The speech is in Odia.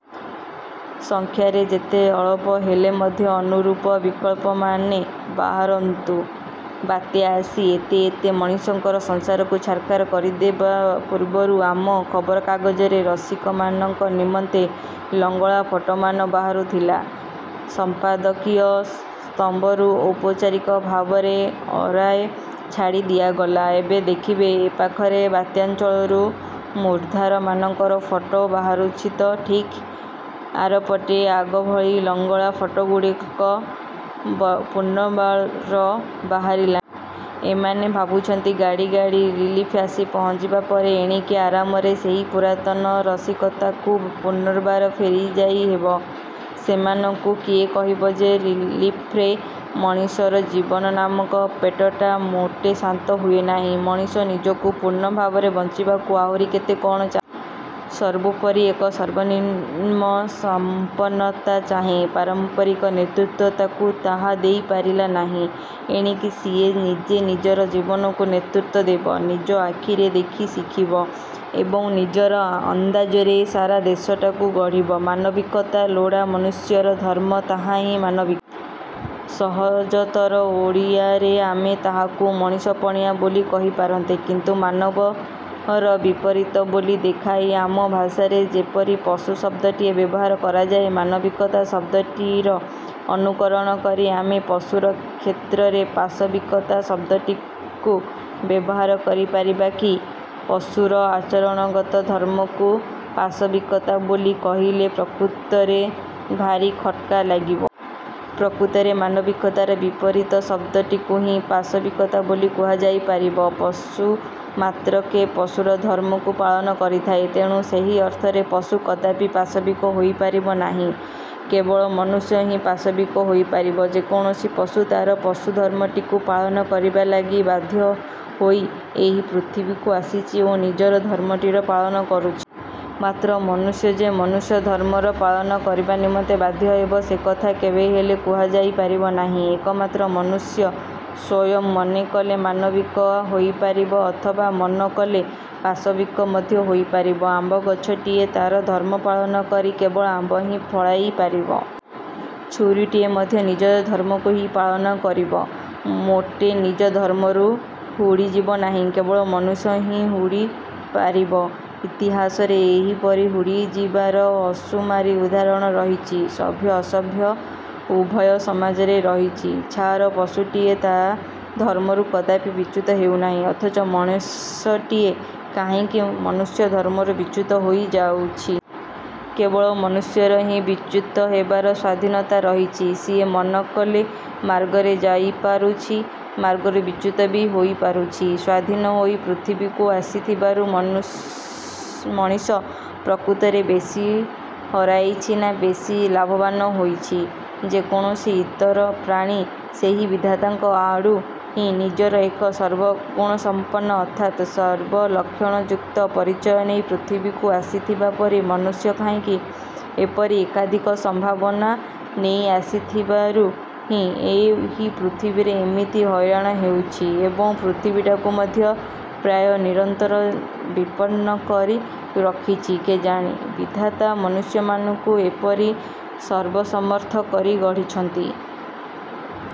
ସଂଖ୍ୟାରେ ଯେତେ ଅଳପ ହେଲେ ମଧ୍ୟ ଅନୁରୂପ ବିକଳ୍ପମାନେ ବାହାରନ୍ତୁ। ବାତ୍ୟା ଆସି ଏତେ ଏତେ ମଣିଷଙ୍କର ସଂସାରକୁ ଛାରଖାର କରିଦେବା ପୂର୍ବରୁ ଆମ ଖବରକାଗଜରେ ରସିକମାନଙ୍କ ନିମନ୍ତେ ଲଙ୍ଗଳା ଫଟୋମାନ ବାହାରୁଥିଲା। ସମ୍ପାଦକୀୟ ସ୍ତମ୍ଭରୁ ଔପଚାରିକ ଭାବରେ ଅରାଏ ଛାଡ଼ି ଦିଆଗଲା। ଏବେ ଦେଖିବେ ଏପାଖରେ ବାତ୍ୟାଞ୍ଚଳରୁ ମୁର୍ଦ୍ଦାରମାନଙ୍କର ଫଟୋ ବାହାରୁଛି ତ ଠିକ୍ ଆରପଟେ ଆଗଭଳି ଲଂଗଳା ଫଟୋଗୁଡ଼ାକ ପୁନର୍ବାର ବାହାରିଲାଣି। ଏମାନେ ଭାବୁଛନ୍ତି ଗାଡ଼ି ଗାଡ଼ି ରିଲିଫ୍ ଆସି ପହଞ୍ଚିବାପରେ ଏଣିକି ଆରାମରେ ସେହି ପୁରାତନ ରସିକତାକୁ ପୁନର୍ବାର ଫେରିଯାଇ ହେବ। ସେମାନଙ୍କୁ କିଏ କହିବ ଯେ, ରିଲିଫ୍ରେ ମଣିଷର ଜୀବନ ନାମକ ପେଟଟା ମୋଟେ ଶାନ୍ତ ହୁଏନାହିଁ। ମଣିଷ ନିଜକୁ ପୂର୍ଣ୍ଣ ଭାବରେ ବଞ୍ଚିବାକୁ ଆହୁରି କେତେ କଣ ଚାହେଁ। ସର୍ବୋପରି ଏକ ସର୍ବନିମ୍ନ ସମ୍ପନ୍ନତା ଚାହେ। ପାରମ୍ପରିକ ନେତୃତ୍ୱ ତାକୁ ତାହା ଦେଇ ପାରିଲାନାହିଁ। ଏଣିକି ସିଏ ନିଜେ ନିଜର ଜୀବନକୁ ନେତୃତ୍ଵ ଦେବ, ନିଜ ଆଖିରେ ଦେଖି ଶିଖିବ ଏବଂ ନିଜର ଅନ୍ଦାଜରେ ସାରା ଦେଶଟାକୁ ଗଢ଼ିବ। ମାନବିକତା ଲୋଡ଼ା ମନୁଷ୍ୟର ଧର୍ମ, ତାହାହିଁ ମାନବିକତା। ସହଜତର ଓଡ଼ିଆରେ ଆମେ ତାହାକୁ ମଣିଷପଣିଆ ବୋଲି କହିପାରନ୍ତେ। କିନ୍ତୁ, ମାନବର ବିପରୀତ ବୋଲି ଦେଖାଇ ଆମ ଭାଷାରେ ଯେପରି ପଶୁ ଶବ୍ଦଟିକୁ ବ୍ୟବହାର କରାଯାଏ, ମାନବିକତା ଶବ୍ଦଟିର ଅନୁକରଣ କରି ଆମେ ପଶୁର କ୍ଷେତ୍ରରେ ପାଶବିକତା ଶବ୍ଦଟିକୁ ବ୍ୟବହାର କରି ପାରିବା କି? ପଶୁର ଆଚରଣଗତ ଧର୍ମକୁ ପାଶବିକତା ବୋଲି କହିଲେ ପ୍ରକୃତରେ ଭାରି ଖଟକା ଲାଗିବ। ପ୍ରକୃତରେ ମାନବିକତାର ବିପରୀତ ଶବ୍ଦଟିକୁ ହିଁ ପାଶବିକତା ବୋଲି କୁହାଯାଇପାରିବ। ପଶୁମାତ୍ରକେ ପଶୁର ଧର୍ମକୁ ପାଳନ କରିଥାଏ। ତେଣୁ, ସେହି ଅର୍ଥରେ ପଶୁ କଦାପି ପାଶବିକ ହୋଇପାରିବ ନାହିଁ। କେବଳ ମନୁଷ୍ୟ ହିଁ ପାଶବିକ ହୋଇପାରିବ। ଯେକୌଣସି ପଶୁ ତା'ର ପଶୁଧର୍ମଟିକୁ ପାଳନ କରିବା ଲାଗି ବାଧ୍ୟ ହୋଇ ଏହି ପୃଥିବୀକୁ ଆସିଛି ଓ ନିଜର ଧର୍ମଟିର ପାଳନ କରୁଛି। ମାତ୍ର, ମନୁଷ୍ୟ ଯେ ମନୁଷ୍ୟଧର୍ମର ପାଳନ କରିବା ନିମନ୍ତେ ବାଧ୍ୟ ହେବ, ସେକଥା କେବେହେଲେ କୁହାଯାଇ ପାରିବ ନାହିଁ। ଏକମାତ୍ର ମନୁଷ୍ୟ ସ୍ଵୟଂ ମନେକଲେ ମାନବିକ ହୋଇପାରିବ ଅଥବା ମନ କଲେ ପାଶବିକ ମଧ୍ୟ ହୋଇପାରିବ। ଆମ୍ବ ଗଛଟିଏ ତା'ର ଧର୍ମ ପାଳନ କରି କେବଳ ଆମ୍ବ ହିଁ ଫଳାଇପାରିବ। ଛୁରୀଟିଏ ମଧ୍ୟ ନିଜର ଧର୍ମକୁ ହିଁ ପାଳନ କରିବ। ମୋଟେ ନିଜ ଧର୍ମରୁ ହୁଡ଼ିଯିବ ନାହିଁ। କେବଳ ମଣିଷ ହିଁ ହୁଡ଼ିପାରିବ। ଇତିହାସରେ ଏହିପରି ହୁଡ଼ିଯିବାର ଅସୁମାରି ଉଦାହରଣ ରହିଛି। ସଭ୍ୟ ଅସଭ୍ୟ ଉଭୟ ସମାଜରେ ରହିଛି। ଛାର ପଶୁଟିଏ ତା' ଧର୍ମରୁ କଦାପି ବିଚ୍ୟୁତ ହେଉନାହିଁ, ଅଥଚ ମଣିଷଟିଏ କାହିଁକି ମନୁଷ୍ୟଧର୍ମରୁ ବିଚ୍ୟୁତ ହୋଇଯାଉଛି? କେବଳ ମନୁଷ୍ୟର ହିଁ ବିଚ୍ୟୁତ ହେବାର ସ୍ଵାଧୀନତା ରହିଛି-। ସିଏ ମନ କଲେ ମାର୍ଗରେ ଯାଇପାରୁଛି, ମାର୍ଗରୁ ବିଚ୍ୟୁତ ବି ହୋଇପାରୁଛି। ସ୍ୱାଧୀନ ହୋଇ ପୃଥିବୀକୁ ଆସିଥିବାରୁ ମଣିଷ ପ୍ରକୃତରେ ବେଶୀ ହରାଇଛି ନା ବେଶୀ ଲାଭବାନ ହୋଇଛି? ଯେକୌଣସି ଇତର ପ୍ରାଣୀ ସେଇ ବିଧାତାଙ୍କ ଆଡୁ ହିଁ ନିଜର ଏକ ସର୍ବଗୁଣସଂପନ୍ନ ଅର୍ଥାତ୍ ସର୍ବଲକ୍ଷଣଯୁକ୍ତ ପରିଚୟ ନେଇ ପୃଥିବୀକୁ ଆସିଥିବା ପରି ମଣିଷ କାହିଁକି ଏପରି ଏକାଧିକ ସମ୍ଭାବନା ନେଇ ଆସିଥିବାରୁ ହିଁ ଏହି ପୃଥିବୀରେ ଏମିତି ହଇରାଣ ହେଉଛି ଏବଂ ପୃଥିବୀଟାକୁ ମଧ୍ୟ ପ୍ରାୟ ନିରନ୍ତର ବିପନ୍ନ କରି ରଖିଛି କେଜାଣି? ବିଧାତା ମନୁଷ୍ୟମାନଙ୍କୁ ଏପରି ସର୍ବସମର୍ଥ କରି ଗଢ଼ିଛନ୍ତି